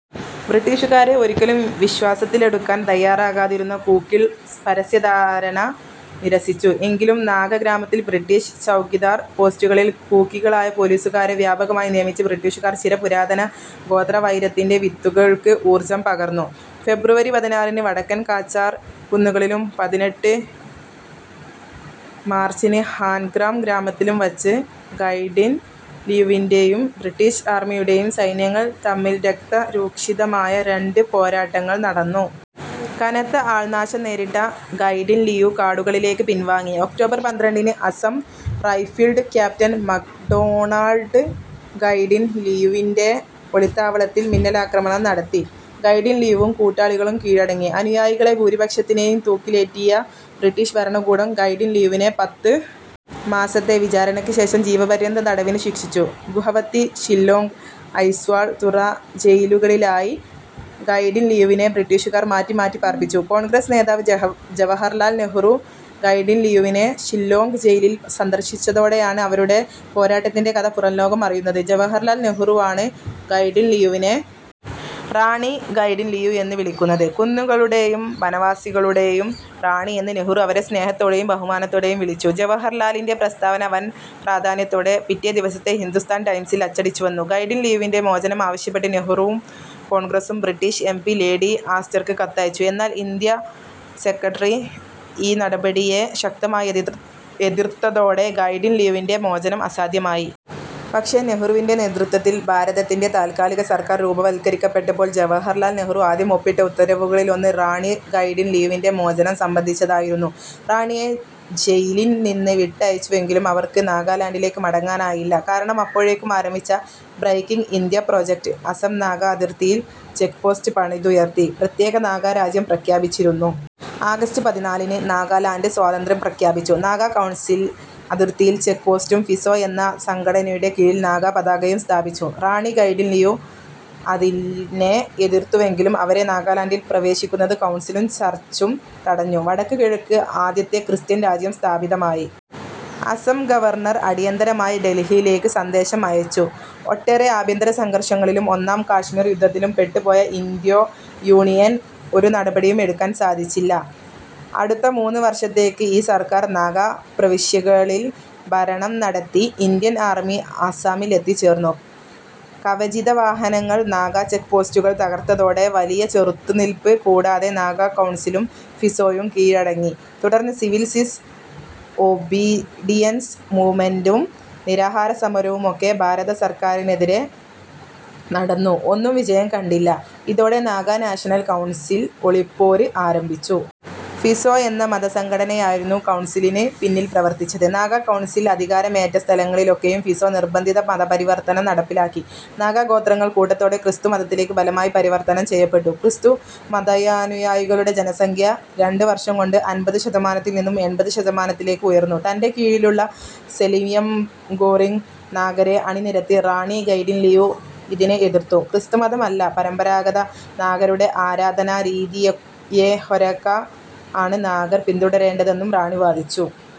ബ്രിട്ടീഷുകാരെ ഒരിക്കലും വിശ്വാസത്തിലെടുക്കാൻ തയ്യാറാകാതിരുന്ന കൂക്കികൾ പരസ്യ ധാരണ നിരസ്സിച്ചു, എങ്കിലും നാഗ ഗ്രാമത്തിൽ ബ്രിട്ടീഷ് ചൗകിദാർ പോസ്റ്റുകളിൽ കൂക്കികളായ പോലീസുകാരെ വ്യാപകമായി നിയമിച്ച് ബ്രിട്ടീഷുകാർ ചിര പുരാതന ഗോത്ര വൈരത്തിൻ്റെ വിത്തുകൾക്ക് ഊർജ്ജം പകർന്നു. ഫെബ്രുവരി പതിനാറിന് വടക്കൻ കാച്ചാർ കുന്നുകളിലും പതിനെട്ട് മാർച്ചിന് ഹൻഗ്രാം ഗ്രാമത്തിലും വച്ച് ഗൈഡിൻ ലിയുവിൻ്റെയും ബ്രിട്ടീഷ് ആർമ്മിയുടേയും സൈന്യങ്ങൾ തമ്മിൽ രക്ത രൂക്ഷിതമായ രണ്ട് പോരാട്ടങ്ങൾ നടന്നു. കനത്ത ആൾ നാശം നേരിട്ട ഗൈഡിൻ ലിയു കാടുകളിലേക്ക് പിൻ വാങ്ങി, ഒക്റ്റോബർ പന്ത്രണ്ടിന് Assam Rifles Captain McDonald ഗൈഡിൻ ലിയുവിൻ്റെ ഒളിത്താവളത്തിൽ മിന്നലാക്രമണം നടത്തി, ഗൈഡിൻ ലിയുവും കൂട്ടാളികളും കീഴടങ്ങി, അനുയായികളെ ഭൂരിപക്ഷത്തിനെയും തൂക്കിലേറ്റിയ ബ്രിട്ടീഷ് ഭരണകൂടം ഗൈഡിൻ ലിയുവിനെ പത്ത് മാസത്തെ വിചാരണയ്ക്ക് ശേഷം ജീവപര്യന്തം തടവിന് ശിക്ഷിച്ചു, ഗുവഹത്തി, ഷില്ലോംഗ്, ഐസ്വാൾ, തുറ ജയിലുകളിലായി ഗൈഡിൻലിയുവിനെ ബ്രിട്ടീഷുകാർ മാറ്റി മാറ്റി പാർപ്പിച്ചു, കോൺഗ്രസ് നേതാവ് ജവഹർലാൽ നെഹ്റു ഗൈഡിൻലിയുവിനെ ഷില്ലോംഗ് ജയിലിൽ സന്ദർശിച്ചതോടെയാണ് അവരുടെ പോരാട്ടത്തിൻ്റെ കഥ പുറം ലോകം അറിയുന്നത്, ജവഹർലാൽ നെഹ്റുവാണ് ഗൈഡിൻലിയുവിനെ റാണി ഗൈഡിൻലിയു എന്ന് വിളിക്കുന്നത്, കുന്നുകളുടേയും വനവാസികളുടേയും റാണിയെന്ന് നെഹ്റു അവരെ സ്നേഹത്തോടെയും ബഹുമാനത്തോടെയും വിളിച്ചു, ജവഹർലാലിൻ്റെ പ്രസ്താവന വൻ പ്രാധാന്യത്തോടെ പിറ്റേ ദിവസത്തെ ഹിന്ദുസ്ഥാൻ ടൈംസിൽ അച്ചടിച്ചു വന്നു, ഗൈഡിൻ ലിയുവിൻ്റെ മോചനം ആവിശ്യപ്പെട്ട് നെഹ്റുവും കോൺഗ്രസും ബ്രിട്ടീഷ് എം പി ലേഡി ആസ്റ്റർക്ക് കത്തയച്ചു, എന്നാൽ, ഇൻഡ്യ സെക്രട്ടറി ഈ നടപടിയെ ശക്തമായി എതിർത്തതോടെ ഗൈഡിൻ ലിയുവിൻ്റെ മോചനം അസാധ്യമായി. പക്ഷെ നെഹ്റുവിൻ്റെ നേതൃത്തിൽ ഭാരതത്തിൻ്റെ താൽകാലിക സർക്കാർ രൂപവത്കരിക്കപ്പെട്ടപ്പോൾ ജവഹർലാൽ നെഹ്റു ആദ്യം ഒപ്പിട്ട ഉത്തരവുകളിലൊന്ന് റാണി ഗൈഡിൻ ലിയുവിൻ്റെ മോചനം സംബന്ധിച്ചതായിരുന്നു. റാണിയെ ജയിലിൻ നിന്ന് വിട്ടയച്ചുവെങ്കിലും അവർക്ക് നാഗാലാൻഡിലേക്ക് മടങ്ങാനായില്ല, കാരണം അപ്പോഴേക്കും ആരംഭിച്ച breaking India project Assam Naga അതിർത്തിയിൽ ചെക് പോസ്റ്റ് പണിതുയർത്തി, പ്രത്യേക നാഗാ രാജ്യം പ്രഖ്യാപിച്ചിരുന്നു. ആഗസ്റ്റ് പതിനാലിന് നാഗാ ലാൻഡ് സ്വാതന്ത്യം പ്രഖ്യാപിച്ചു, നാഗാ കൗൺസിൽ അതിർത്തിയിൽ ചെക് പോസ്റ്റും, ഫിസോ എന്ന സംഘടനയുടെ കീഴിൽ നാഗാ പതാകയും സ്ഥാപിച്ചു, റാണി ഗൈഡിൻലിയു അതിനെ എതിർത്തുവെങ്കിലും അവരെ നാഗാലാൻഡിൽ പ്രവേശിക്കുന്നത് കൗൺസിലും ചർച്ചും തടഞ്ഞു, വടക്ക് കിഴക്ക് ആദ്യത്തെ ക്രിസ്ത്യൻ രാജ്യം സ്ഥാപിതമായി, അസം ഗവർണർ അടിയന്തരമായി ഡൽഹിയിലേക്ക് സന്ദേശം അയച്ചു, ഒട്ടേറെ ആഭ്യന്തര സംഘർഷങ്ങളിലും ഒന്നാം കാശ്മീർ യുദ്ധത്തിലും പെട്ട് പോയ ഇൻഡോ യൂണിയന് ഒരു നടപടിയും എടുക്കാൻ സാധിച്ചില്ല, അടുത്ത മൂന്ന് വർഷത്തേക്ക് ഈ സർക്കാർ നാഗാ പ്രവിശ്യകളിൽ ഭരണം നടത്തി, ഇൻഡ്യൻ ആർമി ആസ്സാമിൽ എത്തിച്ചേർന്നു, കവചിത വാഹനങ്ങൾ നാഗാ ചെക് പോസ്റ്റുകൾ തകർത്തതോടെ വലിയ ചെറുത്ത് നിൽപ് കൂടാതെ നാഗാ കൗൺസിലും ഫിസോയും കീഴടങ്ങി, തുടർന്ന് സിവിൽ ഡിസ് ഒബിഡിയൻസ് മൂവ്മെൻ്റും നിരാഹര സമരവുമൊക്കെ ഭരത സർക്കാറിനെതിരെ നടന്നു ഒന്നും വിജയം കണ്ടില്ല, ഇതോടെ നാഗാ നാഷണൽ കൗൺസിൽ ഒളിപ്പോര് ആരംഭിച്ചു. ഫിസോ എന്ന മത സംഘടനയായിരുന്നു കൗൺസിലിന് പിന്നിൽ പ്രവർത്തിച്ചത്, നാഗാ കൗൺസിൽ അധികാരമേറ്റ സ്ഥലങ്ങളിലൊക്കെയും ഫിസോ നിർബന്ധിത മതപരിവർത്തനം നടപ്പിലാക്കി, നാഗ ഗോത്രങ്ങൾ കൂട്ടത്തോടെ ക്രിസ്തു മതത്തിലേക്ക് ബലമായി പരിവർത്തനം ചെയ്യപ്പെട്ടു, ക്രിസ്തു മതാനുയായികളുടെ ജനസംഖ്യ രണ്ട് വർഷം കൊണ്ട് അൻപത് ശതമാനത്തിൽ നിന്നും എൺപത് ശതമാനത്തിലേക്ക് ഉയർന്നു തൻ്റെ കീഴിലുള്ള സെലിംയംഗോറിങ് നാഗരെ അണി നിരത്തി റാണി ഗൈഡിൻ ലിയു ഇതിനെ ഏതിർത്തു, ക്രിസ്തുമതം അല്ല പരമ്പരാഗത നാഗരുടെ ആരാധാന രീതിയായ ഹെരാക്ക ആണ് നാഗർ പിന്തുടരേണ്ടതെന്നും റാണി വാദിച്ചു.